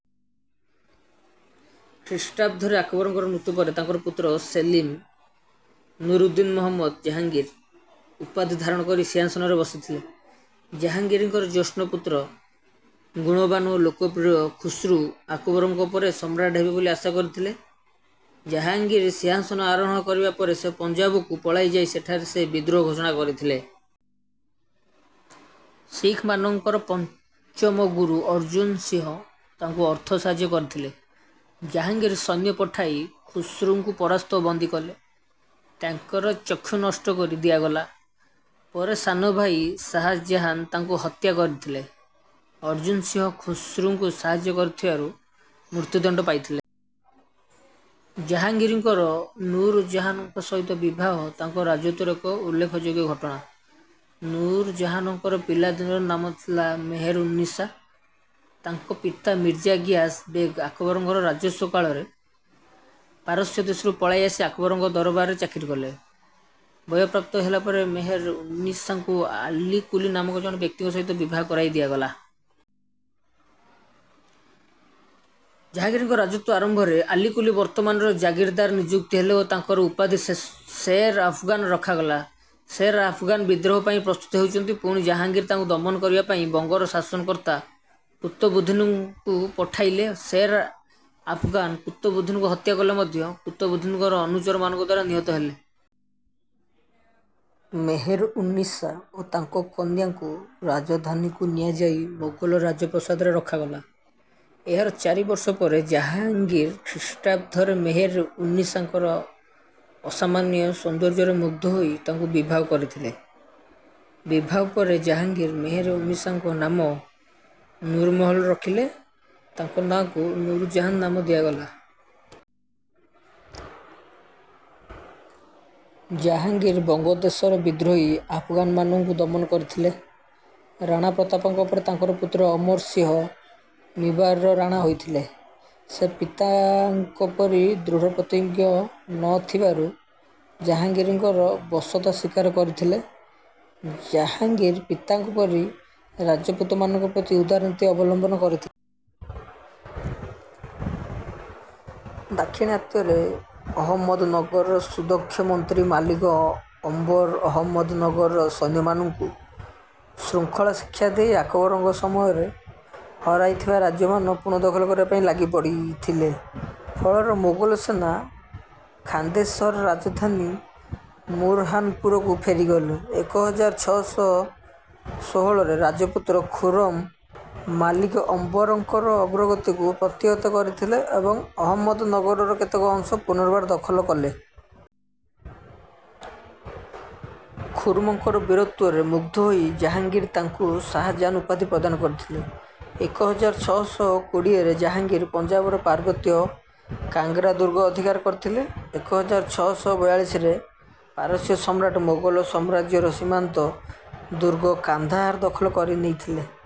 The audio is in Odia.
ଖ୍ରୀଷ୍ଟାବ୍ଦରେ ଆକବରଙ୍କର ମୃତ୍ୟୁ ପରେ ତାଙ୍କର ପୁତ୍ର ସେଲିମ ନୁରଉଦ୍ଦିନ ମହମ୍ମଦ ଜାହାଙ୍ଗୀର ଉପାଧି ଧାରଣ କରି ସିଂହାସନରେ ବସିଥିଲେ। ଜାହାଙ୍ଗୀରଙ୍କର ଜ୍ୟେଷ୍ଠ ପୁତ୍ର ଗୁଣବାନ ଓ ଲୋକପ୍ରିୟ ଖୁସ୍ରୁ ଆକବରଙ୍କ ପରେ ସମ୍ରାଟ ହେବେ ବୋଲି ଆଶା କରିଥିଲେ। ଜାହାଙ୍ଗୀର ସିଂହାସନ ଆରୋହଣ କରିବା ପରେ ସେ ପଞ୍ଜାବକୁ ପଳାଇ ଯାଇ ସେଠାରେ ସେ ବିଦ୍ରୋହ ଘୋଷଣା କରିଥିଲେ। ଶିଖମାନଙ୍କର ପଞ୍ଚମ ଗୁରୁ ଅର୍ଜୁନ ସିଂହ ତାଙ୍କୁ ଅର୍ଥ ସାହାଯ୍ୟ କରିଥିଲେ। ଜାହାଙ୍ଗୀର ସୈନ୍ୟ ପଠାଇ ଖୁସ୍ରୁଙ୍କୁ ପରାସ୍ତ ଓ ବନ୍ଦୀ କଲେ। ତାଙ୍କର ଚକ୍ଷୁ ନଷ୍ଟ କରି ଦିଆଗଲା। ପରେ ସାନଭାଇ ଶାହାଜାହାନ ତାଙ୍କୁ ହତ୍ୟା କରିଥିଲେ। ଅର୍ଜୁନ ସିଂହ ଖୁସ୍ରୁଙ୍କୁ ସାହାଯ୍ୟ କରିଥିବାରୁ ମୃତ୍ୟୁଦଣ୍ଡ ପାଇଥିଲେ। ଜାହାଙ୍ଗୀରଙ୍କର ନୂରଜାହାନଙ୍କ ସହିତ ବିବାହ ତାଙ୍କ ରାଜତ୍ୱର ଏକ ଉଲ୍ଲେଖଯୋଗ୍ୟ ଘଟଣା। ନୂରଜାହାନଙ୍କର ପିଲାଦିନର ନାମ ଥିଲା ମେହେର-ଉନ୍ନିସା। ତାଙ୍କ ପିତା ମିର୍ଜା ଗିୟାସ ବେଗ ଆକବରଙ୍କ ରାଜତ୍ୱ କାଳରେ ପାରସ୍ୟ ଦେଶରୁ ପଳାଇ ଆସି ଆକବରଙ୍କ ଦରବାରରେ ଚାକିରି କଲେ। ବୟଃପ୍ରାପ୍ତ ହେଲା ପରେ ମେହେର-ଉନ୍ନିସାଙ୍କୁ ଆଲିକୁଲି ନାମକ ଜଣେ ବ୍ୟକ୍ତିଙ୍କ ସହିତ ବିବାହ କରାଇ ଦିଆଗଲା। ଜାହାଙ୍ଗୀରଙ୍କ ରାଜତ୍ୱର ଆରମ୍ଭରେ ଆଲିକୁଲି ବର୍ଦ୍ଧମାନର ଜାଗିରଦାର ନିଯୁକ୍ତ ହେଲେ ଓ ତାଙ୍କର ଉପାଧି ଶେର ଆଫଗାନ ରଖାଗଲା। ଶେର ଆଫଗାନ ବିଦ୍ରୋହ ପାଇଁ ପ୍ରସ୍ତୁତ ହେଉଛନ୍ତି ଶୁଣି ଜାହାଙ୍ଗୀର ତାଙ୍କୁ ଦମନ କରିବା ପାଇଁ ବଙ୍ଗର ଶାସନକର୍ତ୍ତା କୁତବୁଦ୍ଦିନଙ୍କୁ ପଠାଇଲେ। ଶେର ଆଫଗାନ କୁତବୁଦ୍ଦିନଙ୍କୁ ହତ୍ୟା କଲେ ମଧ୍ୟ କୁତବୁଦ୍ଦିନଙ୍କର ଅନୁଚରମାନଙ୍କ ଦ୍ୱାରା ନିହତ ହେଲେ। ମେହେର-ଉନ୍ନିସା ଓ ତାଙ୍କ କନ୍ୟାଙ୍କୁ ରାଜଧାନୀକୁ ନିଆଯାଇ ମୋଗଲ ରାଜପ୍ରାସାଦରେ ରଖାଗଲା। ଏହାର ଚାରି ବର୍ଷ ପରେ ଜାହାଙ୍ଗୀର ଖ୍ରୀଷ୍ଟାବ୍ଦରେ ମେହେର-ଉନ୍ନିସାଙ୍କର ଅସାମାନ୍ୟ ସୌନ୍ଦର୍ଯ୍ୟରେ ମୁଗ୍ଧ ହୋଇ ତାଙ୍କୁ ବିବାହ କରିଥିଲେ। ବିବାହ ପରେ ଜାହାଙ୍ଗୀର ମେହେର-ଉନ୍ନିସାଙ୍କ ନାମ ନୁରମହଲ ରଖିଲେ। ପରେ ତାଙ୍କୁ ନୂରଜାହାନ ନାମ ଦିଆଗଲା। ଜାହାଙ୍ଗୀର ବଙ୍ଗଦେଶର ବିଦ୍ରୋହୀ ଆଫଗାନମାନଙ୍କୁ ଦମନ କରିଥିଲେ। ରାଣା ପ୍ରତାପଙ୍କ ପରେ ତାଙ୍କର ପୁତ୍ର ଅମର ସିଂହ ମିବାରର ରାଣା ହୋଇଥିଲେ। ସେ ପିତାଙ୍କ ପରି ଦୃଢ଼ପ୍ରତିଜ୍ଞ ନ ଥିବାରୁ ଜାହାଙ୍ଗୀରଙ୍କର ବଶତା ସ୍ୱୀକାର କରିଥିଲେ। ଜାହାଙ୍ଗୀର ପିତାଙ୍କ ପରି ରାଜପୁତମାନଙ୍କ ପ୍ରତି ଉଦାର ନୀତି ଅବଲମ୍ବନ କରିଥିଲେ। ଦାକ୍ଷିଣାତ୍ୟରେ ଆହମ୍ମଦନଗରର ସୁଦକ୍ଷ ମନ୍ତ୍ରୀ ମାଲିକ ଅମ୍ବର ଆହମ୍ମଦନଗରର ସୈନ୍ୟମାନଙ୍କୁ ଶୃଙ୍ଖଳା ଶିକ୍ଷା ଦେଇ ଆକବରଙ୍କ ସମୟରେ ହରାଇଥିବା ରାଜ୍ୟମାନ ପୁନଃଦଖଲ କରିବା ପାଇଁ ଲାଗିପଡ଼ିଥିଲେ। ଫଳରେ ମୋଗଲ ସେନା ଖାନ୍ଦେଶର ରାଜଧାନୀ ବୁରହାନପୁରକୁ ଫେରିଗଲେ। ଏକ ହଜାର ଛଅ ଶହ ଷୋହଳରେ ରାଜପୁତ୍ର ଖୁରମ ମାଲିକ ଅମ୍ବରଙ୍କର ଅଗ୍ରଗତିକୁ ପ୍ରତିହତ କରିଥିଲେ ଏବଂ ଆହମ୍ମଦନଗରର କେତେକ ଅଂଶ ପୁନର୍ବାର ଦଖଲ କଲେ। ଖୁରମଙ୍କର ବୀରତ୍ୱରେ ମୁଗ୍ଧ ହୋଇ ଜାହାଙ୍ଗୀର ତାଙ୍କୁ ଶାହାଜାହାନ ଉପାଧି ପ୍ରଦାନ କରିଥିଲେ। ଏକ ହଜାର ଛଅ ଶହ କୋଡ଼ିଏରେ ଜାହାଙ୍ଗୀର ପଞ୍ଜାବର ପାର୍ବତ୍ୟ କାଙ୍ଗ୍ରା ଦୁର୍ଗ ଅଧିକାର କରିଥିଲେ। ଏକ ହଜାର ଛଅ ଶହ ବାୟାଳିଶରେ ପାରସ୍ୟ ସମ୍ରାଟ ମୋଗଲ ସାମ୍ରାଜ୍ୟର ସୀମାନ୍ତ ଦୁର୍ଗ କାନ୍ଦାହାର ଦଖଲ କରିନେଇଥିଲେ।